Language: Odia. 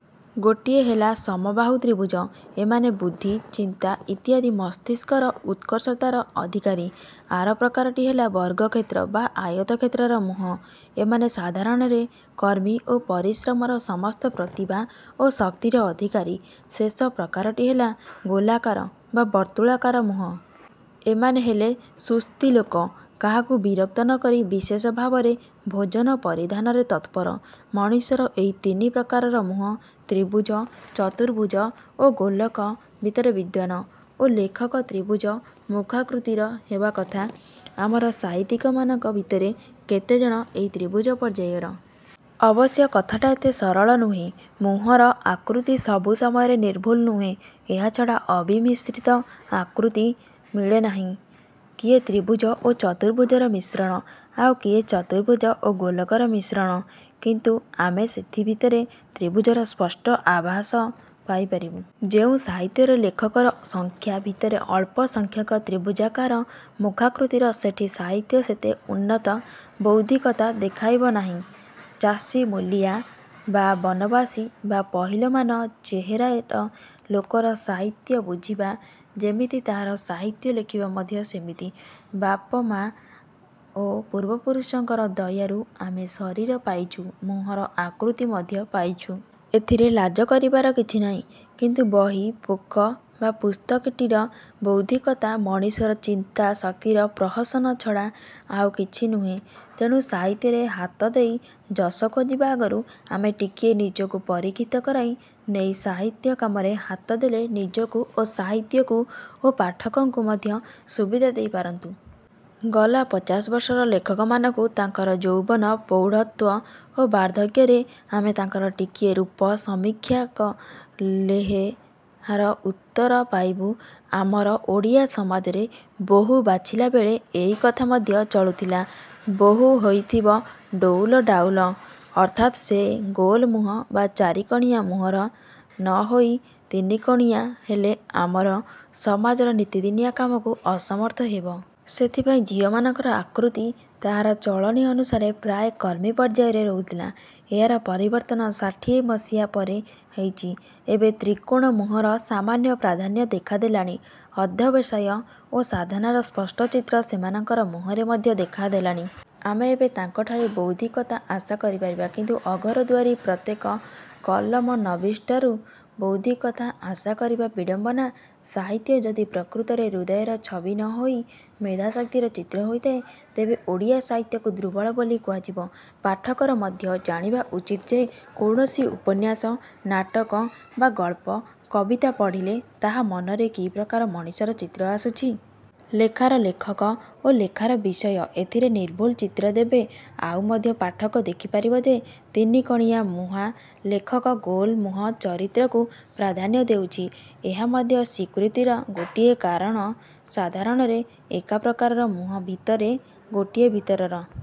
ଗୋଟିଏ ହେଲା ସମବାହୁ ତ୍ରିଭୁଜ-ଏମାନେ ବୁଦ୍ଧି, ଚିନ୍ତା ଇତ୍ୟାଦି ମସ୍ତିଷ୍କର ଉତ୍କର୍ଷତାର ଅଧିକାରୀ। ଆର ପ୍ରକାରଟି ହେଲା ବର୍ଗକ୍ଷେତ୍ର ବା ଆୟତକ୍ଷେତ୍ରର ମୁହଁ। ଏମାନେ ସାଧାରଣରେ କର୍ମୀ ଓ ପରିଶ୍ରମର ସମସ୍ତ ପ୍ରତିଭା ଓ ଶକ୍ତିର ଅଧିକାରୀ। ଶେଷ ପ୍ରକାରଟି ହେଲା ଗୋଲାକାର ବା ବର୍ତ୍ତୁଳାକାର ମୁହଁ। ଏମାନେ ହେଲେ ସୁସ୍ଥି ଲୋକ। କାହାକୁ ବିରକ୍ତ ନ କରି ବିଶେଷ ଭାବରେ ଭୋଜନ ପରିଧାନରେ ତତ୍ପର। ମଣିଷର ଏହି ତିନି ପ୍ରକାରର ମୁହଁ-ତ୍ରିଭୁଜ, ଚତୁର୍ଭୁଜ ଓ ଗୋଲକ-ଭିତରେ ବିଦ୍ୱାନ ଓ ଲେଖକ ତ୍ରିଭୁଜ ମୁଖାକୃତିର ହେବା କଥା। ଆମର ସାହିତ୍ୟିକମାନଙ୍କ ଭିତରେ କେତେଜଣ ଏହି ତ୍ରିଭୁଜ ପର୍ଯ୍ୟାୟର? ଅବଶ୍ୟ କଥାଟା ଏତେ ସରଳ ନୁହେଁ। ମୁହଁର ଆକୃତି ସବୁ ସମୟରେ ନିର୍ଭୁଲ ନୁହେଁ। ଏହାଛଡ଼ା ଅବିମିଶ୍ରିତ ଆକୃତି ମିଳେ ନାହିଁ। କିଏ ତ୍ରିଭୁଜ ଓ ଚତୁର୍ଭୁଜର ମିଶ୍ରଣ। ଆଉ କିଏ ଚତୁର୍ଭୁଜ ଓ ଗୋଲକର ମିଶ୍ରଣ। କିନ୍ତୁ ଆମେ ସେଥିଭିତରେ ତ୍ରିଭୁଜର ସ୍ପଷ୍ଟ ଆଭାସ ପାଇପାରିବୁ। ଯେଉଁ ସାହିତ୍ୟରେ ଲେଖକର ସଂଖ୍ୟା ଭିତରେ ଅଳ୍ପ ସଂଖ୍ୟକ ତ୍ରିଭୁଜାକାର ମୁଖାକୃତିର ସେଠି ସାହିତ୍ୟ ସେତେ ଉନ୍ନତ ବୌଦ୍ଧିକତା ଦେଖାଇବ ନାହିଁ। ଚାଷୀ ମୂଲିଆ ବା ବନବାସୀ ବା ପହିଲମାନ ଚେହେରାର ଲୋକର ସାହିତ୍ୟ ବୁଝିବା ଯେମିତି ତାହାର ସାହିତ୍ୟ ଲେଖିବା ମଧ୍ୟ ସେମିତି। ବାପମା ଓ ପୂର୍ବପୁରୁଷଙ୍କର ଦୟାରୁ ଆମେ ଶରୀର ପାଇଛୁ ମୁହଁର ଆକୃତି ମଧ୍ୟ ପାଇଛୁ। ଏଥିରେ ଲାଜ କରିବାର କିଛି ନାହିଁ। କିନ୍ତୁ ବହି-ପୋକ ବା ପୁସ୍ତକକୀଟର ବୌଦ୍ଧିକତା ମଣିଷର ଚିନ୍ତା ଶକ୍ତିର ପ୍ରହସନ ଛଡ଼ା ଆଉ କିଛି ନୁହେଁ। ତେଣୁ ସାହିତ୍ୟରେ ହାତ ଦେଇ ଯଶ ଖୋଜିବା ଆଗରୁ ଆମେ ଟିକିଏ ନିଜକୁ ପରୀକ୍ଷିତ କରାଇ ନେଇ ସାହିତ୍ୟ କାମରେ ହାତ ଦେଲେ ନିଜକୁ ଓ ସାହିତ୍ୟକୁ ଓ ପାଠକଙ୍କୁ ମଧ୍ୟ ସୁବିଧା ଦେଇ ପାରନ୍ତୁ। ଗଲା ପଚାଶବର୍ଷର ଲେଖକମାନଙ୍କୁ ତାଙ୍କର ଯୌବନ, ପ୍ରୌଢ଼ତ୍ୱ ଓ ବାର୍ଦ୍ଧକ୍ୟରେ ଆମେ ତାଙ୍କର ଟିକିଏ ରୂପ-ସମୀକ୍ଷା କ ଲେଏହାର ଉତ୍ତର ପାଇବୁ। ଆମର ଓଡ଼ିଆ ସମାଜରେ ବୋହୂ ବାଛିଲା ବେଳେ ଏଇକଥା ମଧ୍ୟ ଚଳୁଥିଲା। ବୋହୂ ହେଇଥିବ ଡଉଲ ଡାଉଲ-ଅର୍ଥାତ୍ ସେ ଗୋଲ ମୁହଁ ବା ଚାରିକଣିଆ ମୁହଁର ନ ହୋଇ ତିନିକୋଣିଆ ହେଲେ ଆମର ସମାଜର ନିତିଦିନିଆ କାମକୁ ଅସମର୍ଥ ହେବ। ସେଥିପାଇଁ ଝିଅମାନଙ୍କର ଆକୃତି ତାହାର ଚଳଣି ଅନୁସାରେ ପ୍ରାୟ କର୍ମୀ ପର୍ଯ୍ୟାୟରେ ରହୁଥିଲା। ଏହାର ପରିବର୍ତ୍ତନ ଷାଠିଏ ମସିହା ପରେ ହେଇଛି। ଏବେ ତ୍ରିକୋଣ ମୁହଁର ସାମାନ୍ୟ ପ୍ରାଧାନ୍ୟ ଦେଖା ଦେଲାଣି। ଅଧ୍ୟବସାୟ ଓ ସାଧନାର ସ୍ପଷ୍ଟ ଚିତ୍ର ସେମାନଙ୍କର ମୁହଁରେ ମଧ୍ୟ ଦେଖା ଦେଲାଣି। ଆମେ ଏବେ ତାଙ୍କଠାରୁ ବୌଦ୍ଧିକତା ଆଶା କରି ପାରିବା। କିନ୍ତୁ ଅଘୋରଦୁଆରୀ ପ୍ରତ୍ୟେକ କଲମନବୀସ୍ଠାରୁ ବୌଦ୍ଧିକତା ଆଶା କରିବା ବିଡ଼ମ୍ୱନା। ସାହିତ୍ୟ ଯଦି ପ୍ରକୃତରେ ହୃଦୟର ଛବି ନ ହୋଇ ମେଧାଶକ୍ତିର ଚିତ୍ର ହୋଇଥାଏ ତେବେ ଓଡ଼ିଆ ସାହିତ୍ୟକୁ ଦୁର୍ବଳ ବୋଲି କୁହାଯିବ। ପାଠକର ମଧ୍ୟ ଜାଣିବା ଉଚିତ୍ ଯେ କୌଣସି ଉପନ୍ୟାସ, ନାଟକ ବା ଗଳ୍ପ କବିତା ପଢ଼ିଲେ ତାହା ମନରେ କି ପ୍ରକାର ମଣିଷର ଚିତ୍ର ଆସୁଛି। ଲେଖାର ଲେଖକ ଓ ଲେଖାର ବିଷୟ ଏଥିରେ ନିର୍ଭୁଲ ଚିତ୍ର ଦେବେ। ଆଉ ମଧ୍ୟ ପାଠକ ଦେଖିପାରିବ ଯେ ତିନିକଣିଆ-ମୁହାଁ ଲେଖକ ଗୋଲ-ମୁହଁ ଚରିତ୍ରକୁ ପ୍ରାଧାନ୍ୟ ଦେଉଛି। ଏହା ମଧ୍ୟ ସ୍ୱୀକୃତିର ଗୋଟିଏ କାରଣ। ସାଧାରଣରେ ଏକା ପ୍ରକାରର ମୂହଁ ଭିତରେ ଗୋଟିଏ ଭିତରର